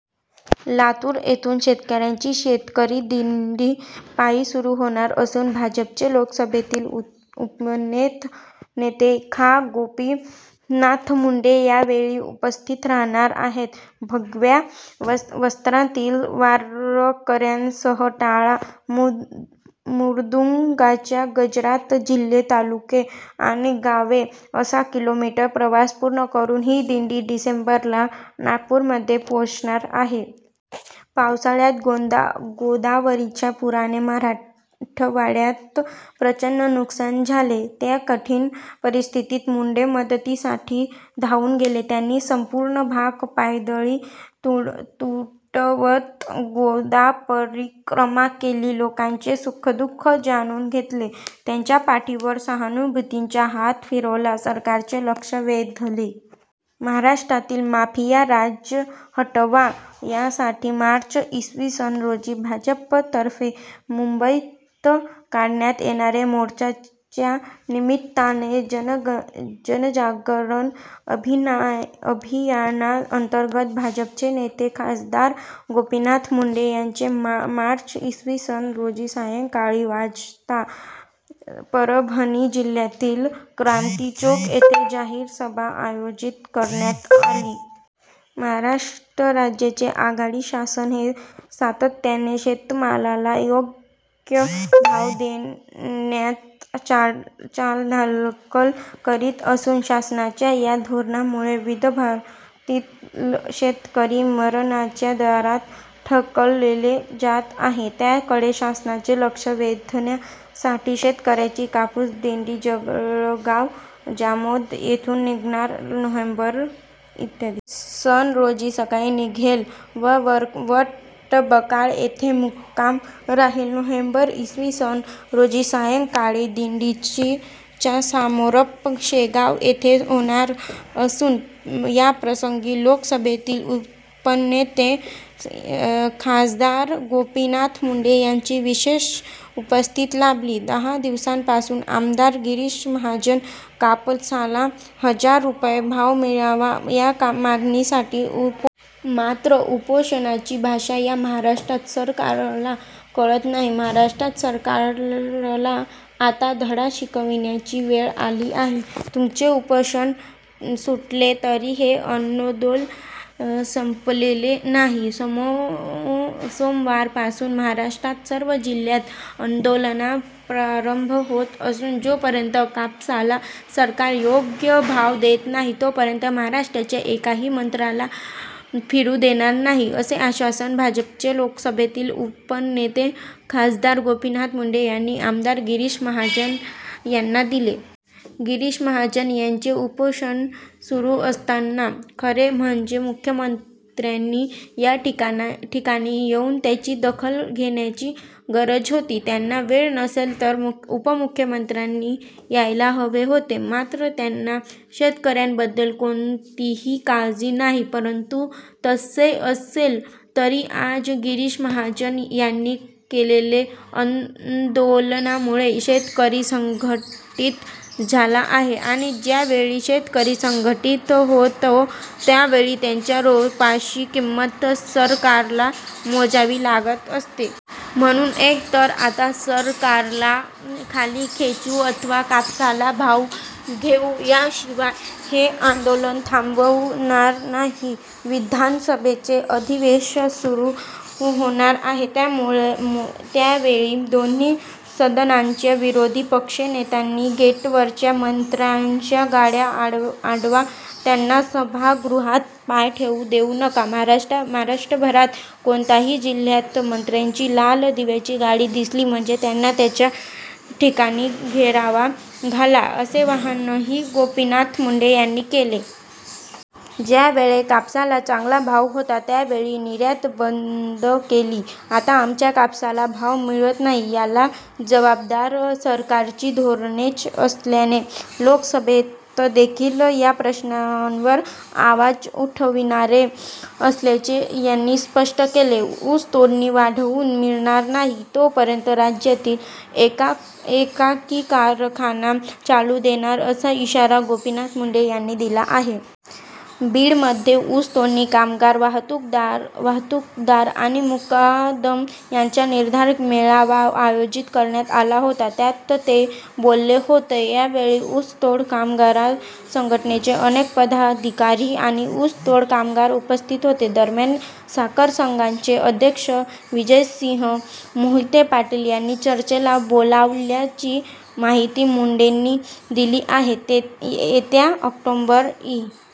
लातूर येथून शेतकऱ्यांची शेतकरी दिण्डी पायी सुरू होणार असून भाजपचे लोकसभेतील उपनेते खा. गोपीनाथ मुंडे यावेळी उपस्थित रहाणार आहेत. भगव्या वस्त्रातील वारकऱ्यांसह टाळ मृदुंगाच्या गजरात जिल्हे, तालुके आणि गावे असा किलोमीटर प्रवास पूर्ण करून ही दिंडी डिसेंबरला नागपूरमध्ये पोहोचणार आहे. पावसाळ्यात गोदावरीच्या पुराने मराठवाड्यात प्रचण्ड नुकसान झाले. त्या कठिण परिस्थितीत मुंडे मतदीसाठी धावून गेले. त्यांनी सम्पूर्ण भाग पायदळी तुडवत 'गोदा परिक्रमा' केली. लोकांचे सुखदुःख जाणून घेतले, त्यांच्या पाठीवर सहानुभूतीचा हात फिरवला, सरकारचे लक्ष वेधले. महाराष्ट्रातील माफिया राज हटवा यासाठी मार्च इ. स. रोजी भाजपतर्फे मुम्बईत काढण्यात येणाऱ्या मोर्चाच्या निमित्ताने जनजागरण अभियानाअंतर्गत भाजपचे नेते खासदार गोपीनाथ मुंडे यांचे मार्च इ. स. रोजी सायंकाळी वाजता परभणी जिल्ह्यातील क्रान्ती चौक येथे जाहीर सभा आयोजित करण्यात आली. महाराष्ट्र राज्याचे आघाडी शासन हे सातत्याने शेतमालाला योग्य भाव देण्यात चालढकल करीत असून, शासनाच्या या धोरणामुळे विदर्भातील शेतकरी मरणाच्या दारात ढकलले जात आहे. त्याकडे शासनाचे लक्ष वेधण्यासाठी शेतकऱ्यांची कापूस दिण्डी जळगाव जामोद येथून निघणार नोव्हेम्बर इ. स. रोजी सकाळी. निघेल व वरवट बकाल येथे मुक्काम राहील. नोव्हेम्बर इ. स. रोजी सायंकाळी. दिण्डीचा समारोप शेगाव येथे होणार असून, याप्रसंगी लोकसभेतील उपनेते खासदार गोपीनाथ मुंडे यांची विशेष उपस्थिती लाभली.। दहा दिवसांपासून आमदार गिरीश महाजन कापसाला हजार रुपये भाव मिळावा या मागणीसाठी उपोषणाला बसले आहेत. मात्र उपोषणाची भाषा या महाराष्ट्र सरकारला कळत नाही. महाराष्ट्र सरकारला आता धडा शिकविण्याची वेळ आली आहे. तुमचे उपोषण सुटले तरी हे आन्दोलन सम्पलेले नाही. सोमवारपासून महाराष्ट्रात सर्व जिल्ह्यात आन्दोलनाला प्रारम्भ होत असून, जोपर्यंत कापसाला सरकार योग्य भाव देत नाही, तोपर्यंत महाराष्ट्राच्या एकाही मंत्र्याला फिरू देणार नाही, असे आश्वासन भाजपचे लोकसभेतील उपनेते खासदार गोपीनाथ मुंडे यांनी आमदार गिरीश महाजन यांना दिले. गिरीश महाजन यांचे उपोषण सुरू असताना खरे म्हणजे मुख्यमंत्र्यांनी या ठिकाणी येऊन त्याची दखल घेण्याची गरज होती. त्यांना वेळ नसेल, तर उपमुख्यमंत्र्यांनी यायला हवे होते. मात्र त्यांना शेतकऱ्यांबद्दल कोणतीही काळजी नाही. परंतु तसे असले तरी आज गिरीश महाजन यांनी केलेल्या आन्दोलनामुळे शेतकरी संघटित झाला आहे आणि ज्यावेळी शेतकरी संघटित होतो त्यावेळी त्याच्या रोषाची किंमत सरकारला मोजावी लागत असते. म्हणून एक तर आता 'सरकारला खाली खेचू अथवा कापसाला भाव घेऊ' याशिवाय हे आन्दोलन थाम्बणार नाही. विधानसभेचे अधिवेशन सुरू होणार आहे. त्यावेळी दोन्ही सदनांच्या विरोधी पक्षनेत्यांनी गेटवरच मंत्र्यांच्या गाड्या अडवा. त्यांना सभागृहात पाय ठेवू देवू नका, महाराष्ट्रभरात कोणत्याही जिल्ह्यात मंत्र्यांची लाल दिव्याची गाडी दिसली म्हणजे त्यांना त्याच ठिकाणी घेराव घाला असे आवाहनही गोपीनाथ मुंडे यांनी केले. ज्यावेळी कापसाला चांगला भाव होता त्यावेळी निर्यात बन्द केली. आता आमच्या कापसाला भाव मिळत नाही. याला जबाबदार सरकारची धोरणेच असल्याने लोकसभेतदेखील या प्रश्नावर आवाज उठविणार असल्याचे त्यांनी स्पष्ट केले. ऊस तोडणी वाढवून मिळणार नाहीं तो पर्यंत राज्यातील एका ही कारखाना चालू देणार असा इशारा गोपीनाथ मुंडे यांनी दिला आहे. बीडमध्ये ऊस तोडणी कामगार, वाहतूकदार आणि मुकादम यांचा निर्धार मेळावा आयोजित करण्यात आला होता. त्यात ते बोलत होते, या वेळी ऊस तोड कामगार संघटनेचे अनेक पदाधिकारी आणि ऊसतोड कामगार उपस्थित होते. दरम्यान, साखर संघाचे अध्यक्ष विजयसिंह मोहिते-पाटील यांनी चर्चेला बोलावल्याची माहिती मुंडेंनी दिली आहे. येत्या ऑक्टोबर, इ.